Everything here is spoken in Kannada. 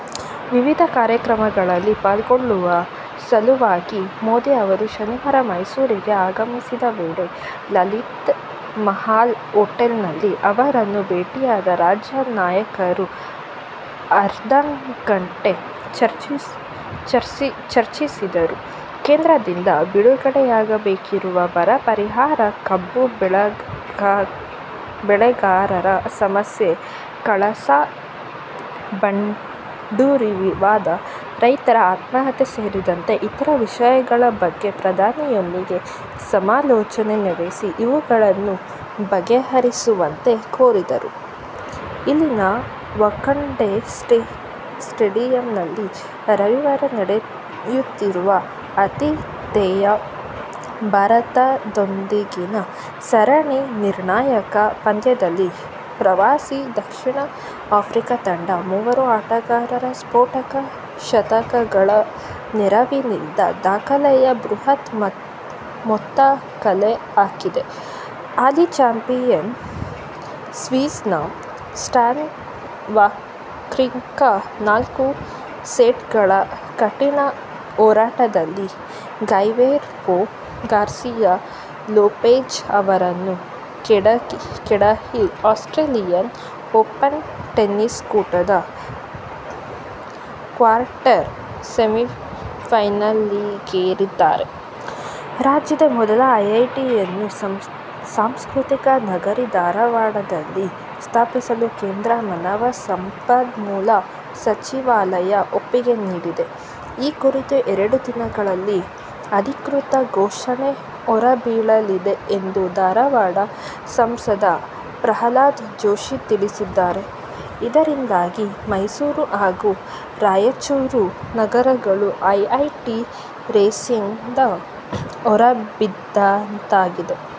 ವಿವಿಧ ಕಾರ್ಯಕ್ರಮಗಳಲ್ಲಿ ಪಾಲ್ಗೊಳ್ಳುವ ಸಲುವಾಗಿ ಮೋದಿ ಅವರು ಶನಿವಾರ ಮೈಸೂರಿಗೆ ಆಗಮಿಸಿದ ವೇಳೆ ಲಲಿತ್ ಮಹಲ್ ಹೊಟೇಲ್ನಲ್ಲಿ ಅವರನ್ನು ಭೇಟಿಯಾದ ರಾಜ್ಯ ನಾಯಕರು ಅರ್ಧಗಂಟೆ ಚರ್ಚಿಸಿದರು. ಕೇಂದ್ರದಿಂದ ಬಿಡುಗಡೆಯಾಗಬೇಕಿರುವ ಬರ ಪರಿಹಾರ, ಕಬ್ಬು ಬೆಳೆಗಾರರ ಸಮಸ್ಯೆ, ಕಳಸಾ-ಬಂಡೂರಿ ವಿವಾದ, ರೈತರ ಆತ್ಮಹತ್ಯೆ ಸೇರಿದಂತೆ ಇತರೆ ವಿಷಯಗಳ ಬಗ್ಗೆ ಪ್ರಧಾನಿಯೊಂದಿಗೆ ಸಮಾಲೋಚನೆ ನಡೆಸಿ, ಇವುಗಳನ್ನು ಬಗೆಹರಿಸುವಂತೆ ಕೋರಿದರು. ಇಲ್ಲಿನ ವಾಂಖಡೇ ಸ್ಟೇಡಿಯಂನಲ್ಲಿ ರವಿವಾರ ನಡೆಯುತ್ತಿರುವ ಆತಿಥೇಯ ಭಾರತದೊಂದಿಗಿನ ಸರಣಿ ನಿರ್ಣಾಯಕ ಪಂದ್ಯದಲ್ಲಿ ಪ್ರವಾಸಿ ದಕ್ಷಿಣ ಆಫ್ರಿಕಾ ತಂಡ ಮೂವರು ಆಟಗಾರರ ಸ್ಫೋಟಕ ಶತಕಗಳ ನೆರವಿನಿಂದ ದಾಖಲೆಯ ಬೃಹತ್ ಮೊತ್ತ ಕಲೆ ಹಾಕಿದೆ. ಹಾಲಿ ಚಾಂಪಿಯನ್ ಸ್ವಿಸ್ನ ಸ್ಟಾನ್ ವಾವ್ರಿಂಕ ನಾಲ್ಕು ಸೆಟ್ಗಳ ಕಠಿನ ಹೋರಾಟದಲ್ಲಿ ಗೈಲೆರ್ಮೊ ಗಾರ್ಸಿಯ ಲೊಪೆಜ್ ಅವರನ್ನು ಕೆಡಹಿ ಆಸ್ಟ್ರೇಲಿಯನ್ ಓಪನ್ ಟೆನಿಸ್ ಕೂಟದ ಕ್ವಾರ್ಟರ್ ಫೈನಲಿಗೇರಿದ್ದಾರೆ. ರಾಜ್ಯದ ಮೊದಲ ಐಐಟಿಯನ್ನು ಸಾಂಸ್ಕೃತಿಕ ನಗರಿ ಧಾರವಾಡದಲ್ಲಿ ಸ್ಥಾಪಿಸಲು ಕೇಂದ್ರ ಮಾನವ ಸಂಪನ್ಮೂಲ ಸಚಿವಾಲಯ ಒಪ್ಪಿಗೆ ನೀಡಿದೆ. ಈ ಕುರಿತು ಎರಡು ದಿನಗಳಲ್ಲಿ ಅಧಿಕೃತ ಘೋಷಣೆ ಹೊರಬೀಳಲಿದೆ ಎಂದು ಧಾರವಾಡ ಸಂಸದ ಪ್ರಹ್ಲಾದ ಜೋಶಿ ತಿಳಿಸಿದ್ದಾರೆ. ಇದರಿಂದಾಗಿ ಮೈಸೂರು ಹಾಗೂ ರಾಯಚೂರು ನಗರಗಳು ಐಐಟಿ ರೇಸ್ನಿಂದ ಹೊರಬಿದ್ದಂತಾಗಿದೆ.